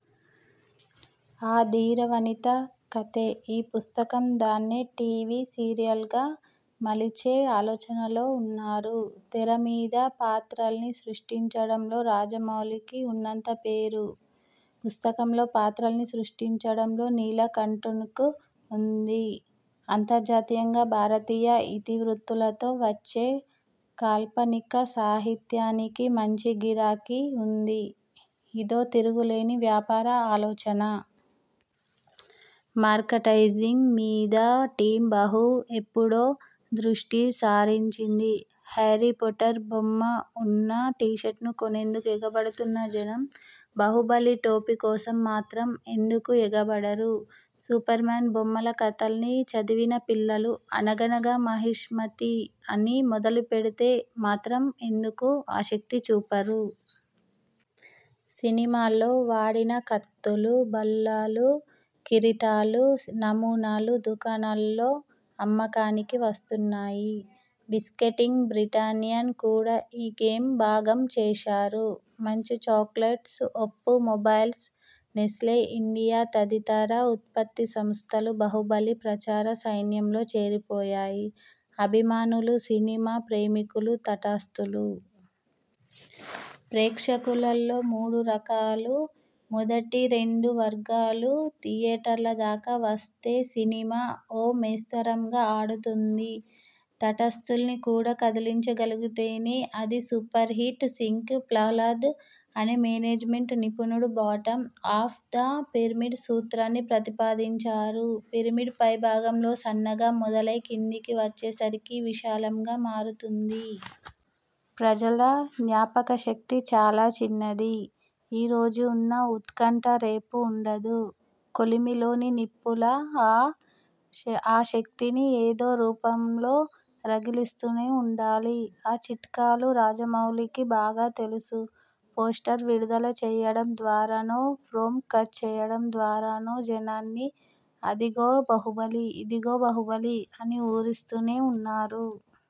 ఆ ధీరవనిత కథే ఈ పుస్తకం. దాన్నే టీవీ సీరియల్గా మలిచే ఆలోచనలో ఉన్నారు. తెరమీద పాత్రల్ని సృష్టించడంలో రాజమౌళికి ఉన్నంత పేరు, పుస్తకంలో పాత్రల్ని సృష్టించడంలో నీలకంటున్కు ఉంది. అంతర్జాతీయంగా భారతీయ ఇతివృత్తులతో వచ్చే కాల్పనిక సాహిత్యానికి మంచి గిరాకీ ఉంది. ఇదో తిరుగులేని వ్యాపార ఆలోచన. 'మర్కటైజింగ్' మీదా 'టీమ్ భహు' ఎప్పుడో దృష్టి సారించింది. హ్యారీపొటర్ బొమ్మ ఉన్న టీషర్ట్ను కొనేందుకు ఎగబడుతున్న జనం భహుబలి టోపీ కోసం మాత్రం ఎందుకు ఎగబడరు? సూపర్మాన్ బొమ్మల కథల్ని చదివిన పిల్లలు, 'అనగనగా మాహిష్మతి ' అని మొదలుపెడితే మాత్రం ఎందుకు ఆషక్తిచూపరు? సినిమాలో వాడిన కత్తులూ, బల్లాలూ, కిరీటలూ నమూనాలు దుకాణాల్లో అమ్మకానికి వస్తున్నాయి. 'బిస్కెటింగ్ బ్రిటానియాను కూడా ఈ గేమ్ భాగం చేశారు. Munch chocolates, Oppo mobiles, Nestle India తదితర ఉత్పత్తి సంస్థలూ భహుబలి ప్రచార సైన్యంలో చేరిపోయాయి. అభిమానులు. సినిమా ప్రేమికులు. తటాస్థులు. ప్రేక్షకులల్లో మూడురకాలు. మొదటి రెండు వర్గాలూ థియేటర్ల దాకా వస్తే సినిమా ఓ మేస్తరంగా ఆడుతుంది. తటస్థుల్ని కూడా కదిలించగలుగుతేనే, అది 'సూపర్హిట్'! సింక్ ఫ్లవలాద్ అనే మేనేజ్మెంట్ నిపుణుడు 'బాటమ్ ఆఫ్ ద పిరమిడ్' సూత్రాన్ని ప్రతిపాదించారు. పిరమిడ్ పైభాగంలో సన్నగా మొదలై కిందికి వచ్చేసరికి విశాలంగా మారుతుంది. ప్రజల జ్ఞాపకశక్తి చాలా చిన్నది. ఈరోజు ఉన్న ఉత్కంఠ రేపు ఉండదు. కొలిమిలోని నిప్పులా ఆ ఆసక్తిని ఏదో రూపంలో రగిలిస్తూనే ఉండాలి. ఆ చిట్కాలు రాజమౌళికి బాగా తెలుసు. పోస్టరు విడుదల చేయడం ద్వారానో, ప్రోమో కట్ చేయడం ద్వారానో జనాన్ని 'అదిగో భహుబలి ఇదిగో భహుబలి' అని ఊరిస్తూనే ఉన్నారు.